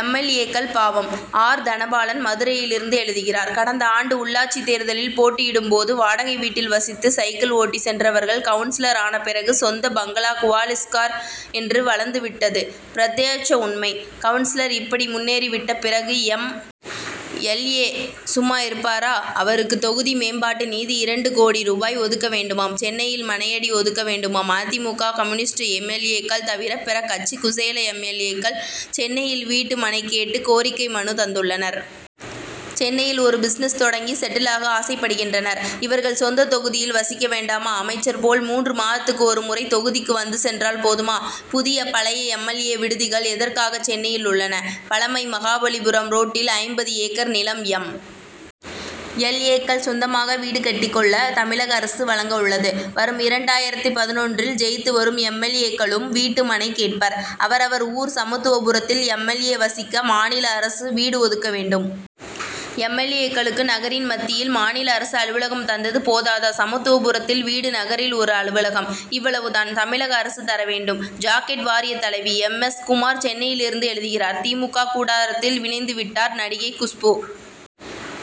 M. L. ஏ.க்கள் பாவம்! ஆர். தனபாலன் மதுரையிலிருந்து எழுதுகிறார் கடந்த ஆண்டு உள்ளாட்சி தேர்தலில் போட்டியிடும் போது வாடகை வீட்டில் வசித்து சைக்கிள் ஓட்டிச் சென்றவர்கள் கவுன்சிலர் ஆனபிறகு சொந்த பங்களா குவாலிஸ் கார் என்று வளர்ந்து விட்டது பிரத்யட்ச உண்மை. கவுன்சிலர் இப்படி முன்னேறி விட்ட பிறகு எம். எல். ஏ. சும்மா இருப்பாரா? அவருக்கு தொகுதி மேம்பாட்டு நிதி இரண்டு கோடி ரூபாய் ஒதுக்க வேண்டுமாம் சென்னையில் மனையடி ஒதுக்க வேண்டுமாம். அ. தி. மு. க. Communist M. எல். ஏ.க்கள் தவிர பிற கட்சி குசேல எம். எல். ஏ.க்கள் சென்னையில் வீட்டு மனை கேட்டு கோரிக்கை மனு தந்துள்ளனர். சென்னையில் ஒரு பிசினஸ் தொடங்கி செட்டில் ஆக ஆசைப்படுகின்றனர். இவர்கள் சொந்த தொகுதியில் வசிக்க வேண்டாமா? அமைச்சர் போல மூன்று மாதத்துக்கு ஒருமுறை தொகுதிக்கு வந்து சென்றால் போதுமா? புதிய பழைய எம். எல். ஏ. விடுதிகள் எதற்காக சென்னையில் உள்ளன? பழைய மகாபலிபுரம் ரோட்டில் ஐம்பது ஏக்கர் நிலம் எம். எல். ஏ.க்கள் சொந்தமாக வீடு கட்டிக் கொள்ள தமிழக அரசு வழங்க உள்ளது. வரும் இரண்டாயிரத்து பதினொன்றில் ஜெயித்து வரும் எம். எல். ஏ.க்களும் வீட்டு மனை கேட்பர். அவரவர் ஊர் சமத்துவபுரத்தில் எம். எல். ஏ. வசிக்க மாநில அரசு வீடு ஒதுக்க வேண்டும். எம். எல். ஏ.க்களுக்கு நகரின் மத்தியில் மாநில அரசு அலுவலகம் தந்தது போதாதா? சமத்துவபுரத்தில் வீடு நகரில் ஒரு அலுவலகம். இவ்வளவு தான். தமிழக அரசு தர வேண்டும். ஜாக்கெட் வாரிய தலைவி! எம். எஸ். குமார் சென்னையிலிருந்து எழுதுகிறார் தி. மு. க. கூடாரத்தில் இணைந்து விட்டார் நடிகை குஷ்பு.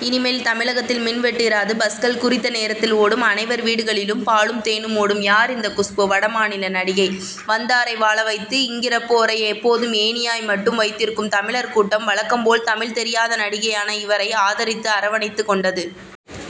இனிமேல் தமிழகத்தில் மின்வெட்டு இராது பஸ்கள் குறித்த நேரத்தில் ஓடும் அனைவர் வீடுகளிலும் பாலும் தேனும் ஓடும். யார் இந்த குஷ்பு? வட மாநில நடிகை. வந்தாரை வாழவைத்து இங்கிருப்போரை எப்போதும் ஏணியாய் மட்டுமே வைத்திருக்கும் தமிழர் கூட்டம் வழக்கம்போல் தமிழ் தெரியாத நடிகையான இவரை ஆதரித்து அரவணைத்துக் கொண்டது.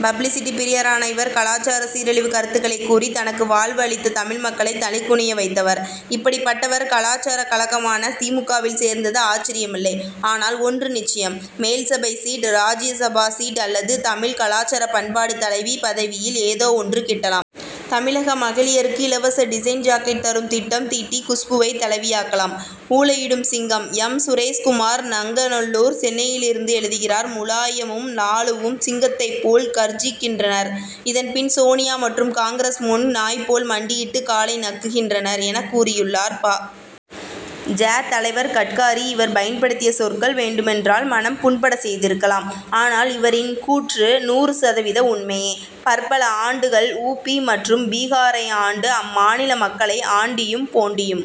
பப்ளிசிட்டி பிரியரான இவர் கலாசார சீரழிவு கருத்துக்களைக் கூறி தனக்கு வாழ்வு அளித்த தமிழ்மக்களை தலைகுனிய வைத்தவர். இப்படிப்பட்டவர் கலாசாரக் கழகமான தி. மு. க.வில் சேர்ந்தது ஆச்சரியமில்லை! ஆனால் ஒன்று நிச்சயம் மேல்சபை சீட் ராஜ்யசபா சீட் அல்லது தமிழ் கலாசார பண்பாட்டு தலைவி பதவியில் ஏதோ ஒன்று கிட்டலாம்! தமிழக மகளிருக்கு இலவச டிசைன் ஜாக்கெட் தரும் திட்டம் தீட்டி குஷ்புவை தலைவியாக்கலாம். ஊளையிடும் சிங்கம்! எம். சுரேஷ் குமார் நங்கநல்லூர் சென்னையிலிருந்து எழுதுகிறார் முலாயமும் லாலுவும் சிங்கத்தை போல் கர்ஜிக்கின்றனர். இதன்பின் சோனியா மற்றும் காங்கிரஸ் முன் நாய் போல் மண்டியிட்டு காலை நக்குகின்றனர் என கூறியுள்ளார் பா. ஜ. தலைவர் கட்காரி. இவர் பயன்படுத்திய சொற்கள் வேண்டுமென்றால் மனம் புண்பட செய்திருக்கலாம். ஆனால் இவரின் கூற்று நூறு சதவீதம் உண்மையே! பற்பல ஆண்டுகள் உ. பி. மற்றும் பீகாரை ஆண்டு அம்மாநில மக்களை ஆண்டியும் போண்டியும்